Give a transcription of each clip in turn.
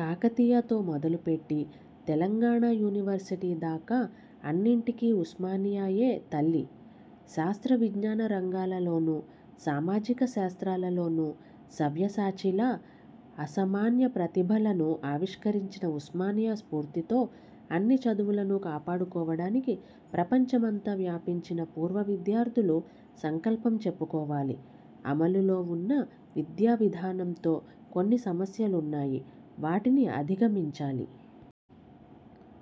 కాకతీయతో మొదలుపెట్టి, తెలంగాణ యూనివర్సిటీ దాకా అన్నిటికీ ఉస్మానియాయే తల్లి. శాస్త్రవిజ్ఞాన రంగాలలోను, సామాజిక శాస్త్రాలలోను సవ్యసాచిలా అసామాన్య ప్రతిభలను ఆవిష్క రించిన ఉస్మానియా స్ఫూర్తితో, అన్ని చదువులను కాపాడుకోవడానికి ప్రపంచమంతా వ్యాపించిన పూర్వవిద్యార్థులు సంకల్పం చెప్పుకోవాలి. 'అమలులో ఉన్న విద్యావిధానంతో కొన్ని సమస్యలున్నాయి. వాటిని అధిగమించాలి.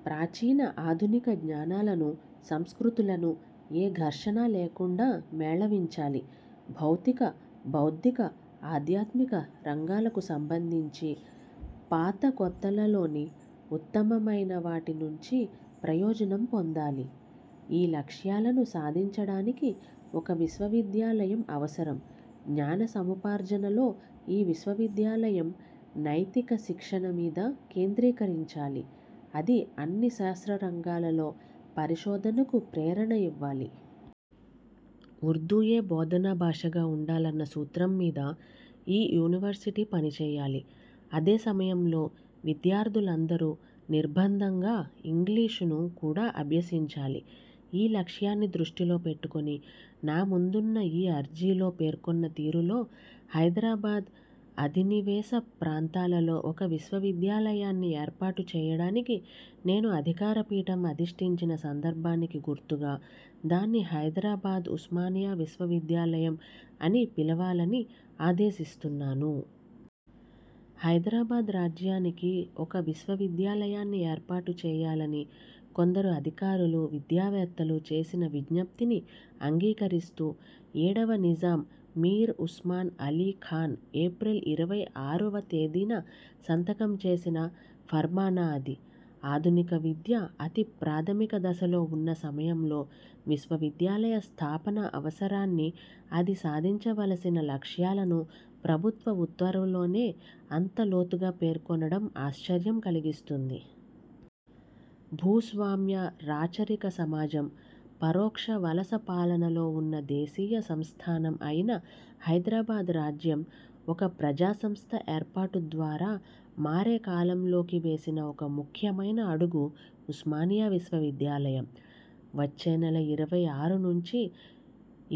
ప్రాచీన, ఆధునిక జ్ఞానాలను, సంస్కృతులను ఏ ఘర్షణా లేకుండా మేళవించాలి. భౌతిక, బౌద్ధిక, ఆధ్యాత్మిక రంగాలకు సంబంధించి పాతకొత్తలలోని ఉత్తమమైనవాటి నుంచి ప్రయోజనం పొందాలి. ఈ లక్ష్యాలను సాధించడానికి ఒక విశ్వవిద్యాలయం అవసరం. జ్ఞాన సముపార్జనలో ఈ విశ్వవిద్యాలయం నైతిక శిక్షణ మీద కేంద్రీకరించాలి. అది అన్ని శాస్త్రరంగాలలో పరిశోధనకు ప్రేరణ ఇవ్వాలి. ఉర్దూయే బోధనాభాషగా ఉండాలన్న సూత్రం మీద ఈ యూనివర్సిటీ పనిచేయాలి. అదే సమయంలో విద్యార్థులందరూ నిర్బంధంగా ఇంగ్లీషును కూడా అభ్యసించాలి. ఈ లక్ష్యాన్ని దృష్టిలో పెట్టుకుని, నాముందున్న ఈ అర్జీలో పేర్కొన్న తీరులో హైదరాబాద్ అధినివేశ ప్రాంతాలలో ఒక విశ్వవిద్యాలయాన్ని ఏర్పాటు చేయడానికి, నేను అధికారపీఠం అధిష్ఠించిన సందర్భానికి గుర్తుగా దాన్ని హైదరాబాద్ ఉస్మానియా విశ్వవిద్యాలయం అని పిలవాలని ఆదేశిస్తున్నాను. ' హైదరాబాద్ రాజ్యానికి ఒక విశ్వవిద్యాలయాన్ని ఏర్పాటు చేయాలని కొందరు అధికారులు, విద్యావేత్తలు చేసిన విజ్ఞప్తిని అంగీకరిస్తూ ఏడవ నిజాం మీర్ ఉస్మాన్ అలీ ఖాన్ ఏప్రిల్ ఇరవై ఆరువ తేదీన సంతకం చేసిన ఫర్మానా అది. ఆధునిక విద్య అతి ప్రాథమిక దశలో ఉన్న సమయంలో విశ్వవిద్యాలయ స్థాపన అవసరాన్ని, అది సాధించవలసిన లక్ష్యాలను ప్రభుత్వ ఉత్తర్వులోనే అంత లోతుగా పేర్కొనడం ఆశ్చర్యం కలిగిస్తుంది. భూస్వామ్య-రాచరిక సమాజం, పరోక్ష వలస పాలనలో ఉన్న దేశీయ సంస్థానం అయిన హైదరాబాద్ రాజ్యం, ఒక ప్రజాసంస్థ ఏర్పాటు ద్వారా, మారే కాలంలోకి వేసిన ఒక ముఖ్యమైన అడుగు- ఉస్మానియా విశ్వవిద్యాలయం. వచ్చే నెల ఇరవై ఆరు నుంచి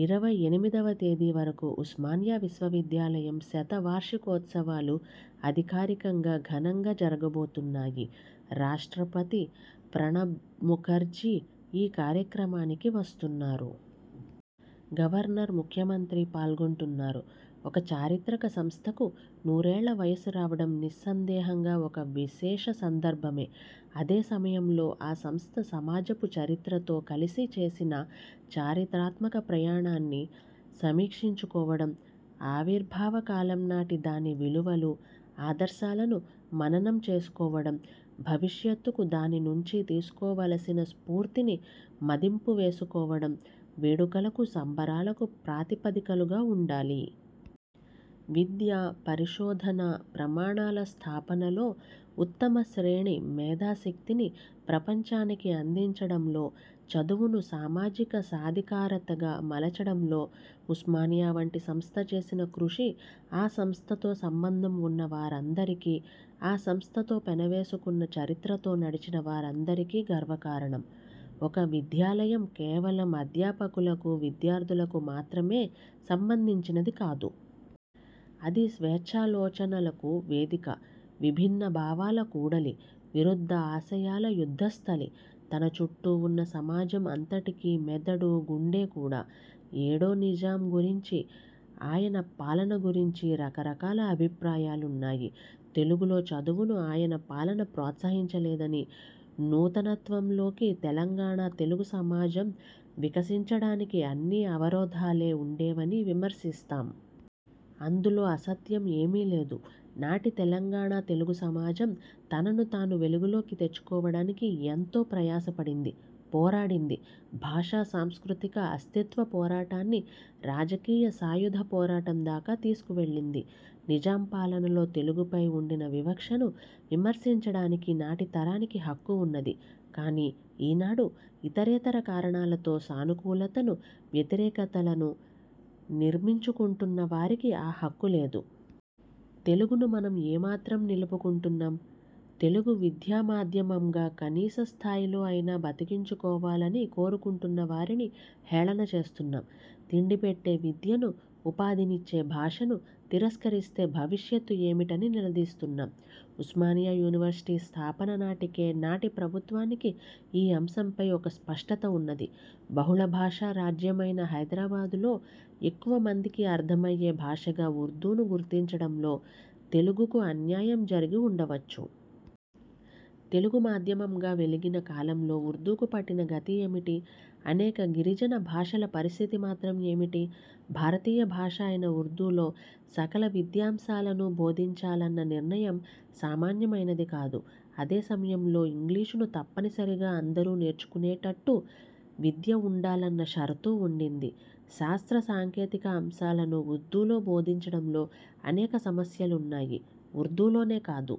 ఇరవై ఎనిమిదివ తేదీ వరకు ఉస్మానియా విశ్వవిద్యాలయం శతవార్షికోత్సవాలు అధికారికంగా ఘనంగా జరగబోతున్నాయి రాష్ట్రపతి ప్రణబ్ముఖర్జీ ఈ కార్యక్రమానికి వస్తున్నారు. గవర్నర్, ముఖ్యమంత్రి పాల్గొంటున్నారు. ఒక చారిత్రక సంస్థకు నూరేళ్ల వయస్సు రావడం నిస్సందేహంగా ఒక విశేష సందర్భమే. అదే సమయంలో ఆ సంస్థ సమాజపు చరిత్రతో కలిసి చేసిన చారిత్రాత్మక ప్రయాణాన్ని సమీక్షించుకోవడం, ఆవిర్భావకాలం నాటి దాని విలువలు, ఆదర్శాలను మననం చేసుకోవడం, భవిష్యత్తుకు దాని నుంచి తీసుకోవలసిన స్ఫూర్తిని మదింపువేసుకోవడం వేడుకలకు, సంబరాలకు ప్రాతిపదికలుగా ఉండాలి. విద్యా, పరిశోధనా ప్రమాణాల స్థాపనలో, ఉత్తమశ్రేణి మేధాశక్తిని ప్రపంచానికి అందించడంలో, చదువును సామాజిక సాధికారతగా మలచడంలో ఉస్మానియా వంటి సంస్థ చేసిన కృషి ఆ సంస్థతో సంబంధం ఉన్నవారందరికీ, ఆ సంస్థతో పెనవేసుకున్న చరిత్రతో నడిచిన వారందరికీ గర్వకారణం. ఒక విద్యాలయం కేవలం అధ్యాపకులకు, విద్యార్థులకు మాత్రమే సంబంధించినది కాదు. అది స్వేచ్ఛాలోచనలకు వేదిక, విభిన్న భావాల కూడలి, విరుద్ధ ఆశయాల యుద్ధస్థలి, తన చుట్టూ ఉన్న సమాజం అంతటికీ మెదడూ, గుండే కూడా. ఏడో నిజాం గురించి, ఆయన పాలన గురించి రకరకాల అభిప్రాయాలున్నాయి. తెలుగులో చదువును ఆయన పాలన ప్రోత్సహించలేదని, నూతనత్వంలోకి తెలంగాణ తెలుగు సమాజం వికసించడానికి అన్నీ అవరోధాలే ఉండేవని విమర్శిస్తాం. అందులో అసత్యం ఏమీ లేదు. నాటి తెలంగాణ తెలుగుసమాజం తనను తాను వెలుగులోకి తెచ్చుకోవడానికి ఎంతో ప్రయాస పడింది, పోరాడింది. భాషా సాంస్కృతిక అస్తిత్వ పోరాటాన్ని రాజకీయ సాయుధపోరాటం దాకా తీసుకువెళ్లింది. నిజాం పాలనలో తెలుగుపై ఉండిన వివక్షను విమర్శించడానికి నాటి తరానికి హక్కు ఉన్నది కానీ, ఈ నాడు ఇతరేతర కారణాలతో సానుకూలతను, వ్యతిరేకతలను నిర్మించుకుంటున్న వారికి ఆ హక్కు లేదు. తెలుగును మనం మాత్రం ఏం నిలుపుకుంటున్నాం? తెలుగు విద్యామాధ్యమంగా కనీసస్థాయిలో అయినా బతికించుకోవాలని కోరుకుంటున్నవారిని హేళన చేస్తున్నాం, తిండిపెట్టే విద్యను, ఉపాధినిచ్చే భాషను తిరస్కరిస్తే భవిష్యత్తు ఏమిటని నిలదీస్తున్నాం. ఉస్మానియా యూనివర్సిటీ స్థాపన నాటికే నాటి ప్రభుత్వానికి ఈ అంశంపై ఒక స్పష్టత ఉన్నది. బహుళభాషా రాజ్యమైన హైదరాబాద్లో ఎక్కువమందికి అర్థమయ్యే భాషగా ఉర్దూను గుర్తించడంలో, తెలుగుకు అన్యాయం జరిగి ఉండవచ్చు. తెలుగుమాధ్యమంగా వెలిగిన కాలంలో, ఉర్దూకు పట్టిన గతి ఏమిటి? అనేక గిరిజన భాషల పరిస్థితి మాత్రం ఏమిటి? భారతీయ భాష అయిన ఉర్దూలో సకల విద్యాంశాలనూ బోధించాలన్న నిర్ణయం సామాన్యమైనది కాదు. అదే సమయంలో, ఇంగ్లీషును తప్పనిసరిగా అందరూ నేర్చుకునేట్టు విద్య ఉండాలన్న షరతూ ఉండింది. శాస్త్రసాంకేతిక అంశాలను ఉర్దూలో బోధించడంలో అనేక సమస్యలున్నాయి. ఉర్దూలోనే కాదు,